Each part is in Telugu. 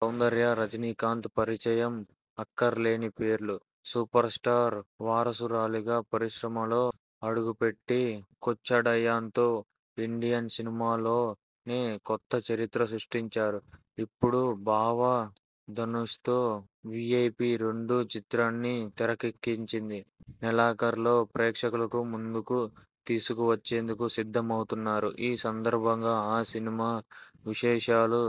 సౌందర్య రజనీకాంత్ పరిచయం అక్కర్లేని పేరు. సూపర స్టార్ వారసురాలిగా పరిశ్రమలో అడుగుపెట్టి 'కోచ్చడయాన్'తో ఇండియన్ సినిమాలోనే కొత్త చరిత్ర సృష్టించారు. ఇప్పుడు బావ ధనుష్తో 'వీఐపీరెండు' చిత్రాన్ని తెరకెక్కించి నెలాఖరులో ప్రేక్షకుల ముందుకు తీసుకొచ్చేందుకు సిద్ధమవుతున్నారు. ఈ సందర్భంగా ఆ సినిమా విశేషాలను,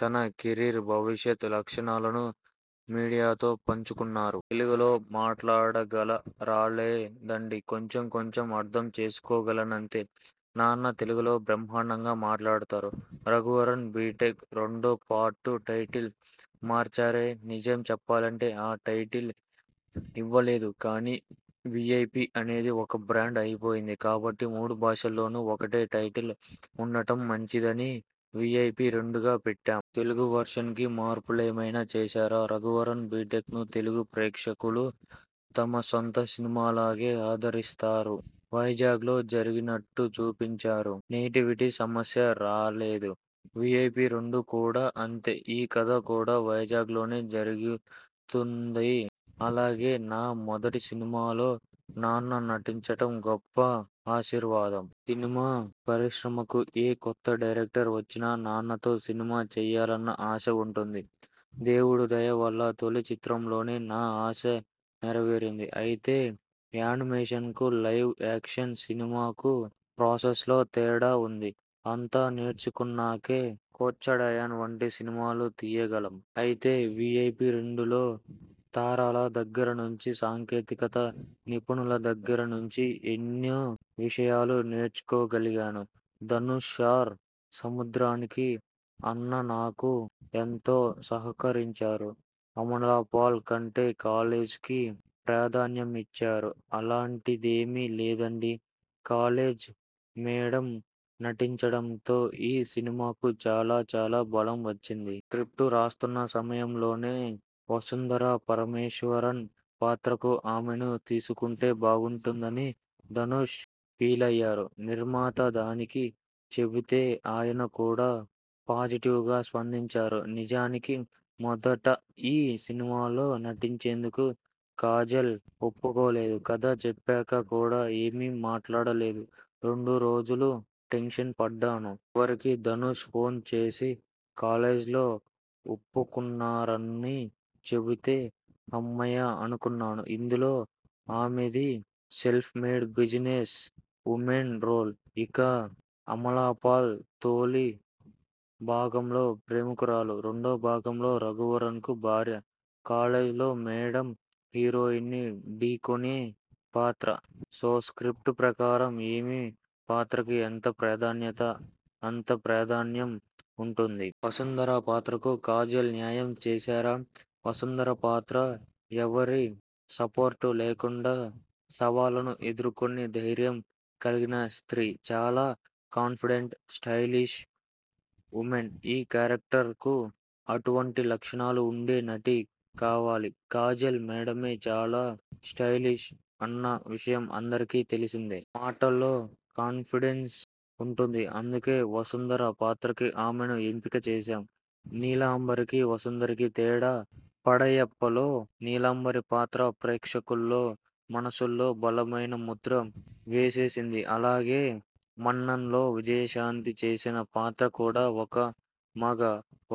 తన కెరీర్ భవిష్యత్ లక్ష్యాలను మీడియాతో పంచుకున్నారు. తెలుగులో మాట్లాడగలరాలేదండి. కొంచెం కొంచెం అర్థం చేసుకోగలనంతే. నాన్న తెలుగులో బ్రహ్మాండంగా మాట్లాడుతారు. 'రఘువరన్ బీటెక్' రెండో పార్టు టైటిల్ మార్చారే నిజం చెప్పాలంటే ఆ టైటిల్ ఇవ్వలేదు. కానీ, 'వీఐపి' అనేది ఒక బ్రాండ్ అయిపోయింది. కాబట్టి మూడు భాషల్లోనూ ఒకటే టైటిల్ ఉండడం మంచిదని 'వీఐపిరెండు'గా పెట్టాం. తెలుగు వెర్షన్ కి మార్పులేమైనా చేశారా'రఘువరన్ బీటెక్'ను తెలుగు ప్రేక్షకులు తమ సొంత సినిమాలాగే ఆదరించారు. వైజాగ్లో జరిగినట్టు చూపించారు. నేటివిటీ సమస్య రాలేదు. 'వీఐపిరెండు' కూడా అంతే. ఈ కథ కూడా వైజాగ్లోనే జరుగుతుంది. అలాగే నా మొదటి సినిమాలో నాన్న నటించడం గొప్ప ఆశీర్వాదం. సినిమా పరిశ్రమకు ఏ కొత్త డైరెక్టర్ వచ్చినా నాన్నతో సినిమా చేయాలన్న ఆశ ఉంటుంది. దేవుడి దయ వల్ల తొలి చిత్రంతోనే నా ఆశ నెర వేరింది. అయితే యానిమేషన్ కు, లైవ్ యాక్షన్ సినిమా కు ప్రాసెస్లో తేడా ఉంది. అంతా నేర్చుకున్నాకే 'కోచ్చడయాన్' వంటి సినిమా తీయగలం. అయితే 'వీఐపిరెండు' లో తారల దగ్గర నుంచి, సాంకేతిక నిపుణుల దగ్గర నుంచి ఎన్నో విషయాలు నేర్చుకోగలిగాను. ధనుష్ సార్, సముద్రగని అన్న నాకు ఎంతో సహకరించారు. అమలాపాల్ కంటే కాజోల్కే ప్రాధాన్యమిచ్చారా అలాంటిదేమి లేదండి. కాజోల్ మేడమ్ నటించడంతో ఈ సినిమాకు చాలా చాలా బలం వచ్చింది. స్ర్కిప్టు రాస్తున్న సమయంలోనే వసుంధర పరమేశ్వరన్ పాత్రకు ఆమెని తీసుకుంటే బాగుంటుందని ధనుష్ ఫీలయ్యారు. నిర్మాత థానుకి చెబితే ఆయన కూడా పాజిటివ్ గా స్పందించారు. నిజానికి మొదట ఈ సినిమాలో నటించేందుకు కాజోల్ ఒప్పుకోలేదు. కథ చెప్పాక కూడా ఏమీ మాట్లాడలేదు. రెండు రోజులు టెన్షన్ పడ్డాను. చివరికి ధనుష్ ఫోన్ చేసి కాజోల్ ఒప్పుకున్నారని చెబితే, హమ్మయ్య అనుకున్నాను. ఇందులో ఆమెది self made business woman role. ఇక అమలాపాల్ తొలి భాగంలో ప్రేమికురాలు. రెండో భాగంలో రఘువరన్కు భార్య. కాజోల్ మేడమ్ హీరోని ఢీకొనే పాత్ర. సో స్ర్కిప్టు ప్రకారం ఏయే పాత్రకి ఎంత ప్రాధాన్యం అంత ప్రాధాన్యం ఉంటుంది. వసుంధర పాత్రకు కాజోల్ న్యాయం చేశారా వసుంధర పాత్ర ఎవరి సపోర్టు లేకుండానే సవాళ్లను ఎదుర్కొనే ధైర్యం కలిగిన స్ర్తీ. చాలా కాన్ఫిడెంట్, స్టైలిష్ వుమన్. ఈ క్యారెక్టర్ కు అటువంటి లక్షణాలు ఉండే నటి కావాలి. కాజోల్ మేడమ్ చాలా స్టైలిష్ అన్న విషయం అందరికీ తెలిసిందే. మాటల్లో కాన్ఫిడెన్స్ ఉంటుంది. అందుకే వసుంధర పాత్రకి ఆమెను ఎంపిక చేశాం. నీలాంబరికి, వసుంధరకి తేడా 'పడయప్ప'లో నీలాంబరి పాత్ర ప్రేక్షకుల్లో మనసుల్లో బలమైన ముద్ర వేసేసింది. అలాగే 'మన్నన్'లో విజయశాంతి చేసిన పాత్ర కూడా. ఒక మగ,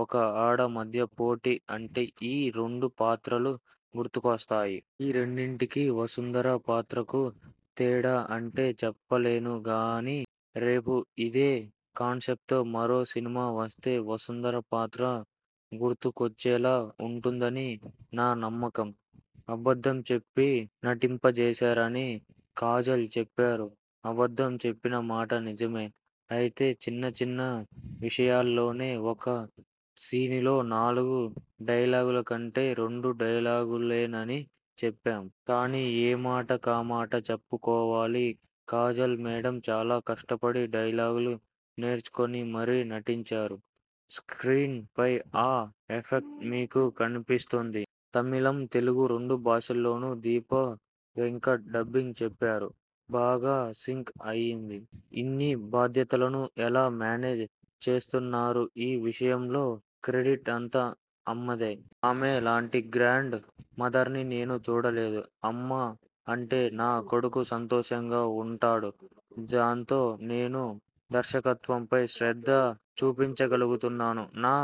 ఒక ఆడ మధ్య పోటీ అంటే ఈ రెండు పాత్రలు గుర్తుకొస్తాయి. ఈ రెండింటికీ, వసుంధర పాత్రకు తేడా అంటే చెప్పలేను గానీరేపు ఇదే కాన్సెప్ట్తో మరో సినిమా వస్తే వసుంధర పాత్ర గుర్తుకొచ్చేలా ఉంటుందని నా నమ్మకం. అబద్ధం చెప్పి నటింపజేశారని కాజోల్ చెప్పారు అబద్ధం చెప్పిన మాట నిజమే. అయితే చిన్నచిన్న విషయాల్లోనే. ఒక సీనులో నాలుగు డైలాగులుంటే రెండు డైలాగులేనని చెప్పాం. కానీ, ఏమాట కామాట చెప్పుకోవాలి కాజోల్ మేడమ్ చాలా కష్టపడి డైలాగులు నేర్చుకుని మరీ నటించారు. స్ర్కీన్ పై ఆ ఎఫెక్ట్ మీకు కనిపిస్తుంది. తమిళం, తెలుగు రెండు భాషల్లోనూ దీప వెంకట్ డబ్బింగ్ చెప్పారు. బాగా సింక్ అయ్యింది. ఇన్ని బాధ్యతలను ఎలా మేనేజ్ చేస్తున్నారుఈ విషయంలో క్రెడిట్ అంతా అమ్మదే. ఆమె లాంటి గ్రాండ్ మదర్ను నేను చూడనేలేదు. అమ్మ ఉంటే నా కొడుకు సంతోషంగా ఉంటాడు. దాంతో నేను దర్శకత్వంపై శ్రద్ధ చూపించగలుగుతున్నా. నా